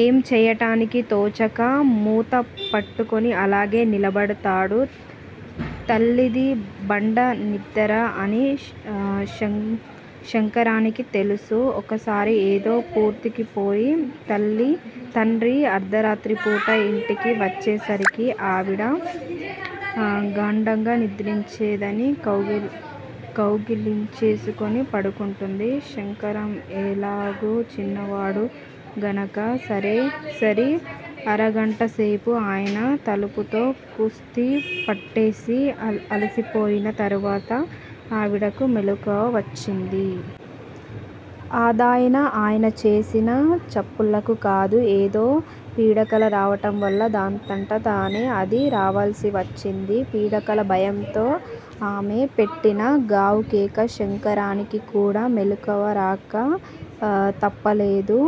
ఏం చెయ్యటానికీ తోచక మూత పట్టుకుని అలాగే నిలబడ్డాడు. తల్లిది బండనిద్దర అని శంకరానికి తెలుసు. ఒకసారి ఏదో వూరికిపోయి తండ్రి అర్దరాత్రిపూట యింటికి వచ్చేసరికి ఆవిడ గాఢంగా నిద్రాదేవిని కౌగలించేసుకొని పడుకొంది. శంకరం ఎలాగూ చిన్నవాడు గనక సరేసరి. అరగంటసేపు ఆయన తలుపుతో కుస్తీ పట్టేసి అలసిపోయిన తరవాత ఆవిడకు మెలకువ వచ్చింది. అదయినా ఆయన చేసిన చప్పుళ్ళకు కాదు. ఏదో పీడకల రావటంవల్ల దానంతట అది రావాల్సివచ్చింది. పీడకల భయంతో ఆమెపెట్టిన గావుకేకతో శంకరానికి కూడా మెలకువ రాక తప్పలేదు.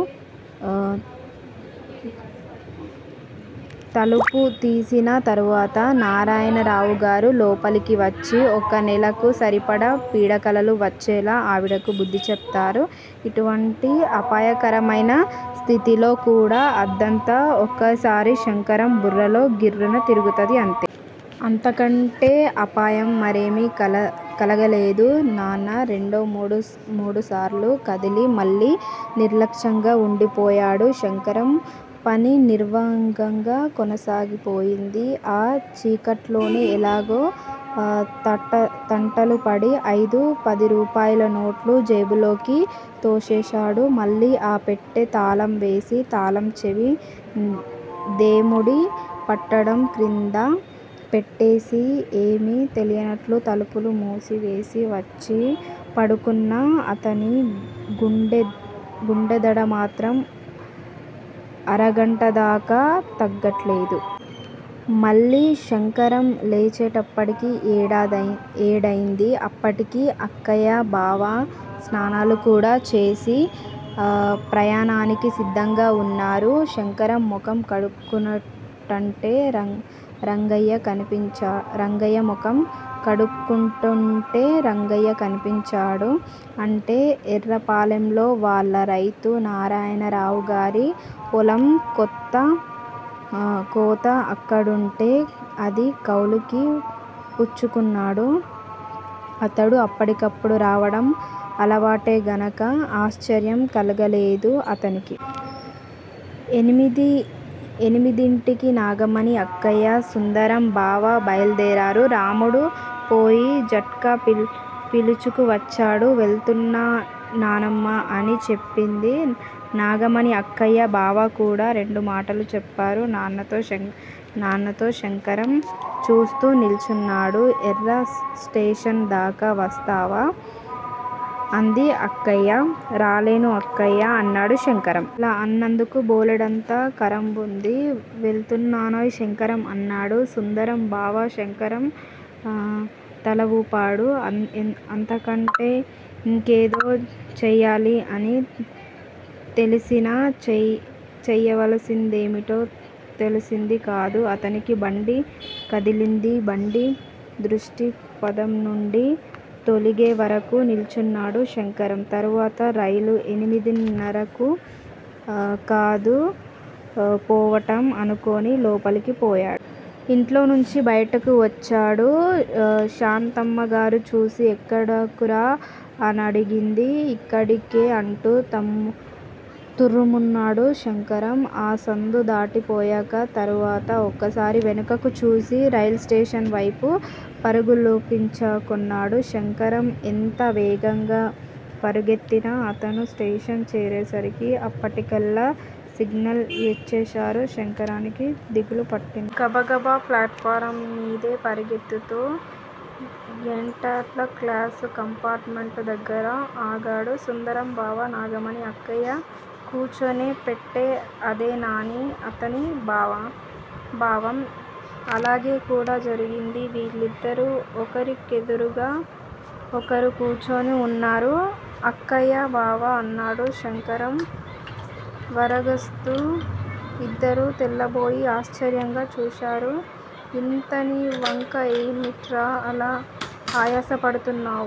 తలుపు తీసిన తర్వాత నారాయణరావుగారు లోపలికివచ్చి ఒక నెలకు సరిపడే పీడకలలు వచ్చేలాగా ఆవిడకు బుద్దిచెప్పారు. ఇటువంటి అపాయకరమైన స్థితిలో కూడా అదంతా ఒకసారి శంకరం బుర్రలో గిర్రున తిరిగింది అంతే. అంతకంటే అపాయం మరేమీ కలగలేదు. నాన్న రెండు మూడుసార్లు కదిలి మళ్ళీ నిశ్చలంగా వుండిపోయాడు. శంకరం పని నిర్విఘ్నంగా కొనసాగిపోయింది. ఆ చీకట్లోనే ఎలాగో తంటాలుపడి ఐదు పదిరూపాయలనోట్లు జేబులోకి తోసేశాడు. మళ్ళీ ఆ పెట్టె తాళంవేసి, తాళంచెవి దేముడి పటం క్రింద పెట్టేసి ఏమీ తెలియనట్లు తలుపులు మూసేసి వచ్చి పడుకున్నా అతని గుండెదడమాత్రం అరగంటదాకా తగ్గలేదు. మళ్ళీ శంకరం లేచేటప్పటికి ఏడైంది. అప్పటికి అక్కయ్యా, బావా స్నానాలు కూడా చేసేసి ప్రయాణానికి సిద్దంగా వున్నారు. శంకరం మొహం కడుక్కుంటుంటే రంగయ్య కనిపించాడు. అంటే ఎర్రపాలెంలో వాళ్ళ రైతు. నారాయణరావుగారి పొలం కొంత అక్కడుంటే అది కౌలుకు పుచ్చుకున్నాడు. అతను అప్పుడప్పుడూ రావటం అలవాటే గనక ఆశ్చర్యం కలిగించలేదు అతనికి. ఎనిమిదింటికి నాగమణి అక్కయ్యా, సుందరం బావా బయల్దేరారు. రాముడు పోయి జట్కా పిల్చుకు వచ్చాడు. వెళ్తున్నానమ్మా అని చెప్పింది నాగమణి అక్కయ్య. బావకూడా రెండుమాటలు చెప్పాడు నాన్నతో శంకరం చూస్తూ నిల్చున్నాడు. ఏరా స్టేషన్ దాకా వస్తావా? అంది అక్కయ్య. రానులే అక్కయ్యా! అన్నాడు శంకరం. అలా అన్నందుకు బోలెడంత కారణంవుంది. వెళ్తున్నానోయ్ శంకరం! అన్నాడు సుందరం బావ. శంకరం తలవూపాడు. అంతకంటే ఇంకేదో చెయ్యాలి అని తెలిసినా చెయ్యవలసిందేమిటో తెలిసింది కాదు అతనికి బండి కదిలింది. బండి దృష్టిపథంనుండి తొలిగేవరకూ నిల్చున్నాడు శంకరం. తర్వాత రైలు ఎనిమిదిన్నరకు కదూ పోవటం అనుకుని లోపలికి పోయాడు. ఇంట్లోంచి బయటకు వచ్చాడు. శాంతమ్మగారు చూసి ఎక్కడకురా? అనడిగింది. ఇక్కడికేనే అంటూ తుర్రుమన్నాడు శంకరం. ఆ సందు దాటిపోయిన తర్వాత ఒకసారి వెనక్కు చూసి రైలుస్టేషన్ వైపు పరుగు లంకించుకున్నాడు. శంకరం ఎంత వేగంగా పరుగెత్తినా అతను స్టేషన్ చేసేసరికి అప్పటికే సిగ్నలు యిచ్చేశారు. శంకరానికి దిగులుపుట్టింది. గబగబ ఫ్లాటుఫారం మీదే పరుగెత్తుతూ యింటరుక్లాసు కంపార్టుమెంటుదగ్గర ఆగాడు. సుందరంబావ, నాగమణి అక్కయ్య కూచునే పెట్టె అదేనని అతని భావం. అలాగేకూడా జరిగింది. వాళ్ళిద్దరూ ఒకరికెదురుగా ఒకరు కూచుని వున్నారు. అక్కయ్యా! బావా! అన్నాడు శంకరం వగరుస్తూ ఇద్దరూ తెల్లబోయి ఆశ్చర్యంగా చూశారు యితనివంక. ఏమిట్రా అలా ఆయాసపడుతున్నావు?